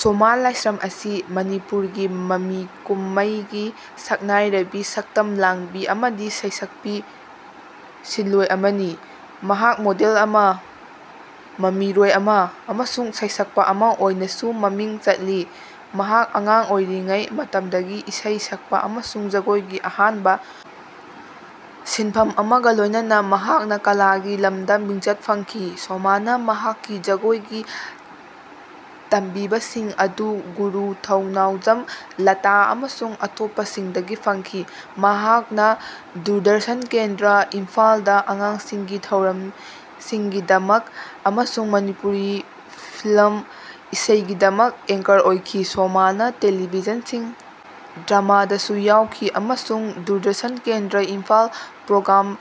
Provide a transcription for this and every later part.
ꯁꯣꯃꯥ ꯂꯥꯢꯁ꯭ꯔꯝ ꯑꯁꯤ ꯃꯅꯤꯄꯨꯔꯒꯤ ꯃꯃꯤ ꯀꯨꯝꯃꯩꯒꯤ ꯁꯛꯅꯥꯢꯔꯕꯤ ꯁꯛꯇꯝ ꯂꯥꯡꯕꯤ ꯑꯃꯗꯤ ꯁꯩꯁꯛꯄꯤ ꯁꯤꯟꯂꯣꯢ ꯑꯃꯅꯤ꯫ ꯃꯍꯥꯛ ꯃꯣꯗꯦꯜ ꯑꯃ, ꯃꯃꯤꯔꯣꯏ ꯑꯃ ꯑꯃꯁꯨꯡ ꯁꯩꯁꯛꯄ ꯑꯃ ꯑꯣꯏꯅꯁꯨ ꯃꯃꯤꯡ ꯆꯠꯂꯤ꯫ ꯃꯍꯥꯛ ꯑꯉꯥꯡ ꯑꯣꯏꯔꯤꯉꯩꯒꯤ ꯃꯇꯝꯗꯒꯤ ꯏꯁꯩ ꯁꯛꯄ ꯑꯃꯁꯨꯡ ꯖꯒꯣꯏꯒꯤ ꯑꯍꯥꯟꯕ ꯁꯤꯟꯐꯝ ꯑꯃꯒ ꯂꯣꯏꯅꯅ ꯃꯍꯥꯛꯅ ꯀꯂꯥꯒꯤ ꯂꯝꯗ ꯃꯤꯡꯆꯠ ꯐꯪꯈꯤ꯫ ꯁꯣꯃꯥꯅ ꯃꯍꯥꯛꯀꯤ ꯖꯒꯣꯏꯒꯤ ꯇꯝꯕꯤꯕꯁꯤꯡ ꯑꯗꯨ ꯒꯨꯔꯨ ꯊꯧꯅꯥꯎꯖꯝ ꯂꯇꯥ ꯑꯃꯁꯨꯡ ꯑꯇꯣꯞꯄꯁꯤꯡꯗꯒꯤ ꯐꯪꯈꯤ꯫ ꯃꯍꯥꯛꯅ ꯗꯨꯔꯗꯔꯁꯟ ꯀꯦꯟꯗ꯭ꯔꯥ ꯏꯝꯐꯥꯜꯗ ꯑꯉꯥꯡꯁꯤꯡꯒꯤ ꯊꯧꯔꯝꯁꯤꯡꯒꯤꯗꯃꯛ ꯑꯃꯁꯨꯡ ꯃꯅꯤꯄꯨꯔꯤ ꯐꯤꯂꯝ ꯏꯁꯩꯒꯤꯗꯃꯛ ꯑꯦꯡꯀꯔ ꯑꯣꯏꯈꯤ꯫ ꯁꯣꯃꯥꯅ ꯇꯦꯂꯤꯄ꯭ꯂꯦꯁꯤꯡ, ꯗ꯭ꯔꯃꯥꯗꯁꯨ ꯌꯥꯎꯈꯤ ꯑꯃꯁꯨꯡ ꯗꯨꯔꯗꯔꯁꯟ ꯀꯦꯟꯗ꯭ꯔꯥ ꯏꯝꯐꯥꯜꯗ ꯄ꯭ꯔꯣꯒ꯭ꯔꯥꯝ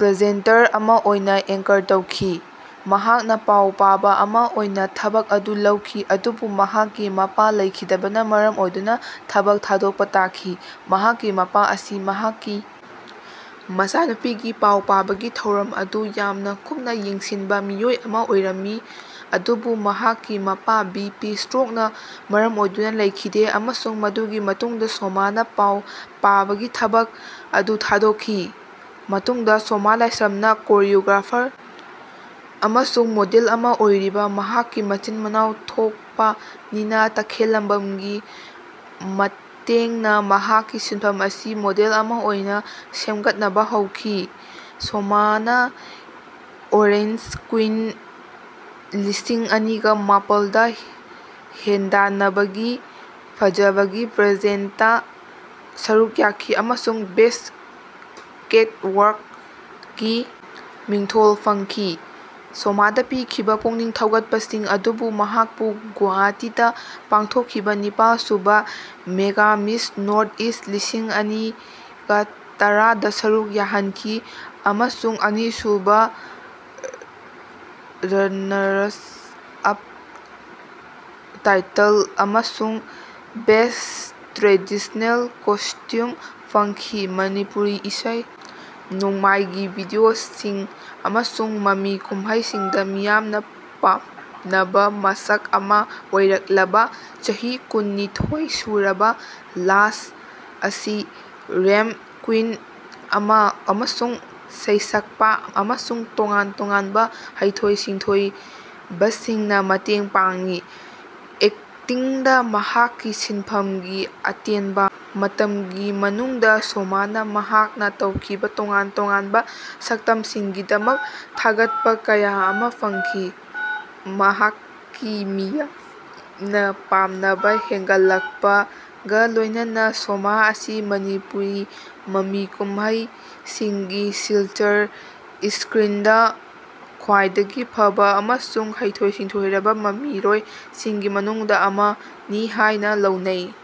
ꯄ꯭ꯔꯖꯦꯟꯇꯔ ꯑꯃ ꯑꯣꯏꯅ ꯑꯦꯡꯀꯔ ꯇꯧꯈꯤ꯫ ꯃꯍꯥꯛꯅ ꯄꯥꯎ ꯄꯥꯕ ꯑꯃ ꯑꯣꯏꯅ ꯊꯕꯛ ꯑꯗꯨ ꯂꯧꯈꯤ ꯑꯗꯨꯕꯨ ꯃꯍꯥꯛꯀꯤ ꯃꯄꯥ ꯂꯩꯈꯤꯗꯕꯅ ꯃꯔꯝ ꯑꯣꯏꯗꯨꯅ ꯊꯕꯛ ꯊꯥꯗꯣꯛꯄ ꯇꯥꯈꯤ꯫ ꯃꯍꯥꯛꯀꯤ ꯃꯄꯥ ꯑꯁꯤ ꯃꯍꯥꯛꯀꯤ ꯃꯆꯥꯅꯨꯄꯤꯒꯤ ꯄꯥꯎ ꯄꯥꯕꯒꯤ ꯊꯧꯔꯝ ꯑꯗꯨ ꯌꯥꯝꯅ ꯀꯨꯞꯅ ꯌꯦꯡꯁꯤꯟꯕ ꯃꯤꯑꯣꯏ ꯑꯃ ꯑꯣꯏꯔꯝꯃꯤ꯫ ꯑꯗꯨꯕꯨ ꯃꯍꯥꯛꯀꯤ ꯃꯄꯥ ꯕꯤ ꯄꯤ ꯁ꯭ꯇ꯭ꯔꯣꯛꯅ ꯃꯔꯝ ꯑꯣꯏꯗꯨꯅ ꯂꯩꯈꯤꯗꯦ ꯑꯃꯁꯨꯡ ꯃꯗꯨꯒꯤ ꯃꯇꯨꯡꯗ ꯁꯣꯃꯥꯅ ꯄꯥꯎ ꯄꯥꯕꯒꯤ ꯊꯕꯛ ꯑꯗꯨ ꯊꯥꯗꯣꯛꯈꯤ꯫ ꯃꯇꯨꯡꯗ ꯁꯣꯃꯥ ꯂꯥꯏꯁ꯭ꯔꯝꯅ ꯀꯣꯔꯤꯑꯣꯒ꯭ꯔꯥꯐꯔ ꯑꯃꯁꯨꯡ ꯃꯣꯗꯦꯜ ꯑꯃ ꯑꯣꯏꯔꯤꯕ ꯃꯍꯥꯛꯀꯤ ꯃꯆꯤꯟ ꯃꯅꯥꯎ ꯊꯣꯛꯄ ꯅꯤꯅ ꯇꯈꯦꯜꯂꯝꯕꯝꯒꯤ ꯃꯇꯦꯡꯅ ꯃꯍꯥꯛꯀꯤ ꯁꯤꯟꯐꯝ ꯑꯁꯤ ꯃꯣꯗꯦꯜ ꯑꯃ ꯑꯣꯏꯅ ꯁꯦꯝꯒꯠꯅꯕ ꯍꯧꯈꯤ꯫ ꯁꯣꯃꯥꯅ ꯑꯣꯔꯦꯟꯖ ꯀ꯭ꯋꯤꯟ ꯂꯤꯁꯤꯡ ꯑꯅꯤꯒ ꯃꯥꯄꯜꯗ ꯍꯦꯟꯗꯥꯟꯅꯕꯒꯤ ꯐꯖꯕꯒꯤ ꯄꯦꯖꯦꯟ꯭ꯇꯇ ꯁꯔꯨꯛ ꯌꯥꯈꯤ ꯑꯃꯁꯨꯡ 'ꯕꯦꯁ꯭ꯠ ꯀꯦꯠꯋꯥꯛ'ꯒꯤ ꯃꯤꯡꯊꯣꯜ ꯐꯪꯈꯤ꯫ ꯁꯣꯃꯥꯗ ꯄꯤꯈꯤꯕ ꯄꯨꯛꯅꯤꯡ ꯊꯧꯒꯠꯄꯁꯤꯡ ꯑꯗꯨꯅ ꯃꯍꯥꯛꯄꯨ ꯒꯨꯋꯥꯍꯥꯇꯤꯗ ꯄꯥꯡꯊꯣꯛꯈꯤꯕ ꯅꯤꯄꯥꯜ ꯁꯨꯕ ꯃꯦꯒꯥ ꯃꯤꯁ ꯅꯣꯔꯊ ꯏꯁ꯭ꯠ ꯂꯤꯁꯤꯡ ꯑꯅꯤꯒ ꯇꯔꯥꯗ ꯁꯔꯨꯛ ꯌꯥꯍꯟꯈꯤ ꯑꯃꯁꯨꯡ 'ꯑꯅꯤꯁꯨꯕ ꯔꯅꯔꯁ ꯑꯞ ꯇꯥꯏꯇꯜ' ꯑꯃꯁꯨꯡ 'ꯕꯦꯁ꯭ꯠ ꯇ꯭ꯔꯦꯗꯤꯁꯅꯦꯜ ꯀꯣꯁ꯭ꯇꯨꯝ' ꯐꯪꯈꯤ꯫ ꯃꯅꯤꯄꯨꯔꯤ ꯏꯁꯩ ꯅꯣꯡꯃꯥꯏꯒꯤ ꯚꯤꯗꯤꯑꯣꯁꯤꯡ ꯑꯃꯁꯨꯡ ꯃꯃꯤ ꯀꯨꯝꯍꯩꯁꯤꯡꯗ ꯃꯤꯌꯥꯝꯅ ꯄꯥꯝꯅꯕ ꯃꯁꯛ ꯑꯃ ꯑꯣꯏꯔꯛꯂꯕ ꯆꯍꯤ ꯀꯨꯟ - ꯅꯤꯊꯣꯏ ꯁꯨꯔꯕ ꯂꯥꯁ ꯑꯁꯤ, ꯔꯦꯝꯞ ꯀ꯭ꯋꯤꯟ ꯑꯃ ꯑꯃꯁꯨꯡ ꯁꯩꯁꯛꯄ ꯑꯃꯁꯨꯡ ꯇꯣꯉꯥꯟ ꯇꯣꯉꯥꯟꯕ ꯍꯩꯊꯣꯏ ꯁꯤꯡꯊꯣꯏꯕꯁꯤꯡꯅ ꯃꯇꯦꯡ ꯄꯥꯡꯉꯤ꯫ ꯑꯦꯛꯇꯤꯡꯗ ꯃꯍꯥꯛꯀꯤ ꯁꯤꯟꯐꯝꯒꯤ ꯑꯇꯦꯟꯕ ꯃꯇꯝꯒꯤ ꯃꯅꯨꯡꯗ ꯁꯣꯃꯥꯅ ꯃꯍꯥꯛꯅ ꯇꯧꯈꯤꯕ ꯇꯣꯉꯥꯟ ꯇꯣꯉꯥꯟꯕ ꯁꯛꯇꯝꯁꯤꯡꯒꯤꯗꯃꯛ ꯊꯥꯒꯠꯄ ꯀꯌꯥ ꯑꯃ ꯐꯪꯈꯤ꯫ ꯃꯍꯥꯛꯀꯤ ꯃꯤꯌꯥꯝꯅ ꯄꯥꯝꯅꯕ ꯍꯦꯟꯒꯠꯂꯛꯄꯒ ꯂꯣꯏꯅꯅ ꯁꯣꯃꯥ ꯑꯁꯤ ꯃꯅꯤꯄꯨꯔꯤ ꯃꯃꯤ ꯀꯨꯝꯍꯩꯁꯤꯡꯒꯤ ꯁꯤꯜꯚꯔ ꯏꯁꯀ꯭ꯔꯤꯟꯗ ꯈ꯭ꯋꯥꯏꯗꯒꯤ ꯐꯕ ꯑꯃꯁꯨꯡ ꯍꯩꯊꯣꯏ ꯁꯤꯡꯊꯣꯏꯔꯕ ꯃꯃꯤꯔꯣꯏꯁꯤꯡꯒꯤ ꯃꯅꯨꯡꯗ ꯑꯃꯅꯤ ꯍꯥꯏꯅ ꯂꯧꯅꯩ꯫